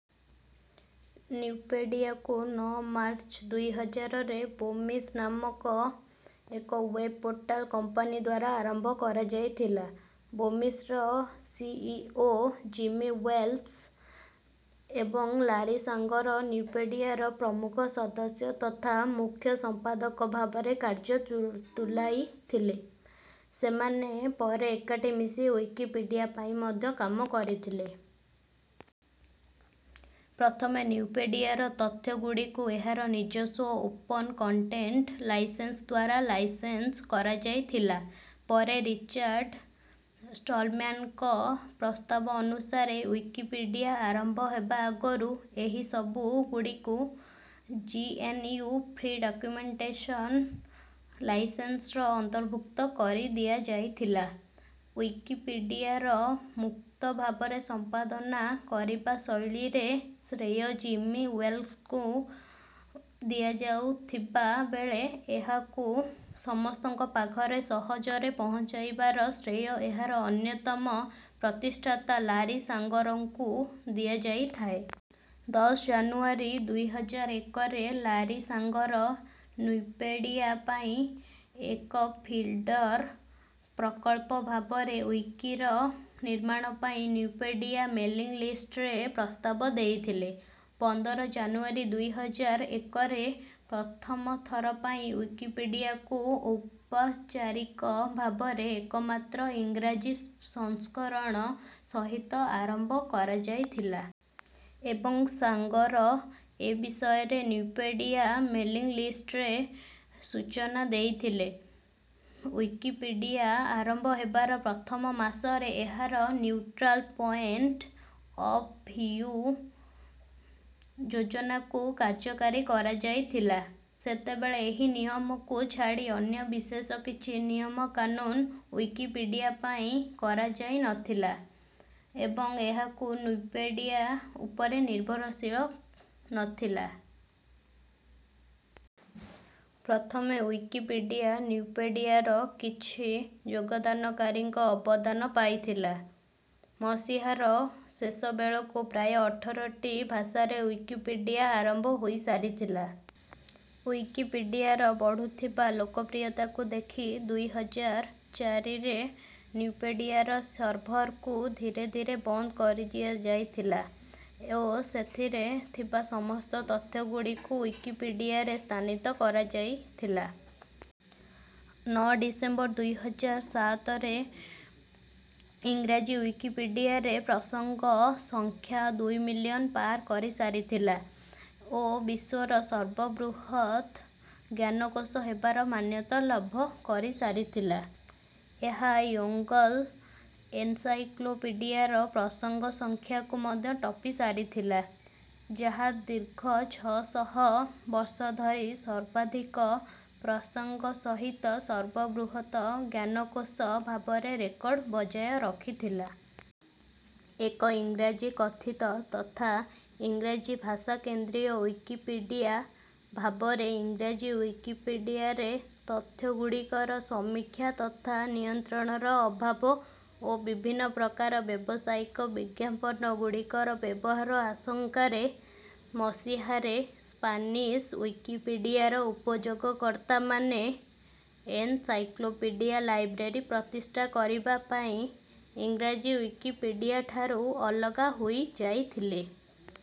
ନ୍ୟୁପେଡ଼ିଆକୁ ନଅ ମାର୍ଚ୍ଚ ଦୁଇ ହଜାର ରେ ବୋମିସ ନାମକ ଏକ ୱେବ ପୋର୍ଟାଲ କମ୍ପାନୀଦ୍ୱାରା ଆରମ୍ଭ କରାଯାଇଥିଲା। ବୋମିସର C. E. O. Jimmy Wales ଏବଂ ଲାରି ସାଙ୍ଗର ନ୍ୟୁପେଡ଼ିଆର ପ୍ରମୁଖ ସଦସ୍ୟ ତଥା ମୁଖ୍ୟ ସମ୍ପାଦକ ଭାବରେ କାର୍ଯ୍ୟ ତୁଲାଇଥିଲେ। ସେମାନେ ପରେ ଏକାଠି ମିଶି ଉଇକିପିଡ଼ିଆ ପାଇଁ ମଧ୍ୟ କାମ କରିଥିଲେ। ପ୍ରଥମେ ନ୍ୟୁପେଡ଼ିଆର ତଥ୍ୟ ଗୁଡ଼ିକୁ ଏହାର ନିଜସ୍ୱ ଓପନ କଣ୍ଟେଣ୍ଟ ଲାଇସେନ୍ସଦ୍ୱାରା ଲାଇସେନ୍ସ କରାଯାଇଥିଲା। ପରେ ରିଚାର୍ଡ ଷ୍ଟଲମ୍ୟାନଙ୍କ ପ୍ରସ୍ତାବ ଅନୁସାରେ ଉଇକିପିଡ଼ିଆ ଆରମ୍ଭ ହେବା ଆଗରୁ ଏହି ସବୁ ଗୁଡ଼ିକୁ G. N. U. Free documentation ଲାଇସେନ୍ସର ଅନ୍ତର୍ଭୁକ୍ତ କରିଦିଆଯାଇଥିଲା। ଉଇକିପିଡ଼ିଆର ମୁକ୍ତ ଭାବରେ ସମ୍ପାଦନା କରିବା ଶୈଳୀ ର ଶ୍ରେୟ ଜିମି ୱେଲ୍ସଙ୍କୁ ଦିଆଯାଉଥିବା ବେଳେ ଏହାକୁ ସମସ୍ତଙ୍କ ପାଖରେ ସହଜରେ ପହଞ୍ଚାଇବାର ଶ୍ରେୟ ଏହାର ଅନ୍ଯତମ ପ୍ରତିଷ୍ଠାତା ଲାରି ସାଙ୍ଗରଙ୍କୁ ଦିଆଯାଇଥାଏ। ଦଶ ଜାନୁଆରୀ ଦୁଇ ହଜାର ଏକରେ ଲାରି ସାଙ୍ଗର ନ୍ୟୁପେଡ଼ିଆ ପାଇଁ ଏକ ଫିଡର ପ୍ରକଳ୍ପ ଭାବରେ ଉଇକିର ନିର୍ମାଣ ପାଇଁ ନ୍ୟୁପେଡ଼ିଆ ମେଲିଂ ଲିଷ୍ଟରେ ପ୍ରସ୍ତାବ ଦେଇଥିଲେ। ପନ୍ଦର ଜାନୁଆରୀ ଦୁଇ ହଜାର ଏକରେ ପ୍ରଥମ ଥର ପାଇଁ ଉଇକିପିଡ଼ିଆକୁ ଔପଚାରିକ ଭାବରେ ଏକମାତ୍ର ଇଂରାଜୀ ସଂସ୍କରଣ ସହିତ ଆରମ୍ଭ କରଯାଇଥିଲା। ଏବଂ ସାଙ୍ଗର ଏ ବିଷୟରେ ନ୍ୟୁପେଡ଼ିଆ ମେଲିଂ ଲିଷ୍ଟରେ ସୂଚନା ଦେଇଥିଲେ। ଉଇକିପିଡ଼ିଆ ଆରମ୍ଭ ହେବାର ପ୍ରଥମ ମାସରେ ଏହାର ନ୍ୟୁଟ୍ରାଲ ପଏଣ୍ଟ ଅଫ ଭିୟୁ ଯୋଜନାକୁ କାର୍ଯ୍ୟକାରୀ କରଯାଇଥିଲା। ସେତେବେଳେ ଏହି ନିୟମକୁ ଛାଡ଼ି ଅନ୍ୟ ବିଶେଷ କିଛି ନିୟମ କାନୁନ ଉଇକିପିଡ଼ିଆପାଇଁ କରାଯାଇ ନଥିଲା ଏବଂ ଏହା ନ୍ୟୁପେଡ଼ିଆ ଉପରେ ନିର୍ଭରଶୀଳ ନଥିଲା। ପ୍ରଥମେ ଉଇକିପିଡ଼ିଆ ନ୍ୟୁପେଡ଼ିଆର କିଛି ଯୋଗଦାନକାରୀଙ୍କ ଅବଦାନ ପାଇଥିଲା। ମସିହାର ଶେଷ ବେଳକୁ ପ୍ରାୟ ଅଠରଟି ଭାଷାରେ ଉଇକିପିଡ଼ିଆ ଆରମ୍ଭ ହୋଇସାରିଥିଲା। ଉଇକିପିଡ଼ିଆର ବଢୁଥିବା ଲୋକପ୍ରିୟତାକୁ ଦେଖି ଦୁଇ ହଜାର ଚାରି ରେ ନ୍ୟୁପେଡ଼ିଆର ସର୍ଭରକୁ ଧୀରେ ଧୀରେ ବନ୍ଦ କରିଦିଆଯାଇଥିଲା ଓ ସେଥିରେ ଥିବା ସମସ୍ତ ତଥ୍ୟ ଗୁଡ଼ିକୁ ଉଇକିପିଡ଼ିଆରେ ସ୍ଥାନିତ କରଯାଇଥିଲା। ନଅ ଡ଼ିସେମ୍ବର ଦୁଇ ହଜାର ସାତରେ ଇଂରାଜୀ ଉଇକିପିଡ଼ିଆରେ ପ୍ରସଙ୍ଗ ସଂଖ୍ୟା ଦୁଇ ମିଲିୟନ ପାର କରିସାରିଥିଲା ଓ ବିଶ୍ୱର ସର୍ବବୃହତ ଜ୍ଞାନକୋଷ ହେବାର ମାନ୍ୟତା ଲାଭ କରିସାରିଥିଲା। ଏହା ୟୋଙ୍ଗଲ ଏନସାଇକ୍ଳୋପିଡ଼ିଆର ପ୍ରସଙ୍ଗ ସଂଖ୍ୟାକୁ ମଧ୍ୟ ଟପିସାରିଥିଲା ଯାହା ଦୀର୍ଘ ଛଅ ଶହ ବର୍ଷ ଧରି ସର୍ବାଧିକ ପ୍ରସଙ୍ଗ ସହିତ ସର୍ବବୃହତ ଜ୍ଞାନକୋଷ ଭାବରେ ରେକର୍ଡ ବଜାୟ ରଖିଥିଲା। ଏକ ଇଂରାଜୀ କଥିତ ତଥା ଇଂରାଜୀ ଭାଷା କେନ୍ଦ୍ରୀୟ ଉଇକିପିଡ଼ିଆ ଭାବରେ ଇଂରାଜୀ ଉଇକିପିଡ଼ିଆରେ ତଥ୍ୟ ଗୁଡ଼ିକର ସମୀକ୍ଷା ତଥା ନିୟନ୍ତ୍ରଣର ଅଭାବ ଓ ବିଭିନ୍ନ ପ୍ରକାର ବ୍ଯବସାୟିକ ବିଜ୍ଞାପନ ଗୁଡ଼ିକର ବ୍ୟବହାର ଆଶଙ୍କାରେ ମଶିହାରେ ସ୍ପାନିସ ଉଇକିପିଡ଼ିଆର ଉପଯୋଗକର୍ତ୍ତାମାନେ ଏନସାଇକ୍ଳୋପିଡ଼ିଆ ଲାଇବ୍ରେରୀ ପ୍ରତିଷ୍ଠା କରିବା ପାଇଁ ଇଂରାଜୀ ଉଇକିପିଡ଼ିଆଠାରୁ ଅଲଗା ହୋଇଯାଇଥିଲେ।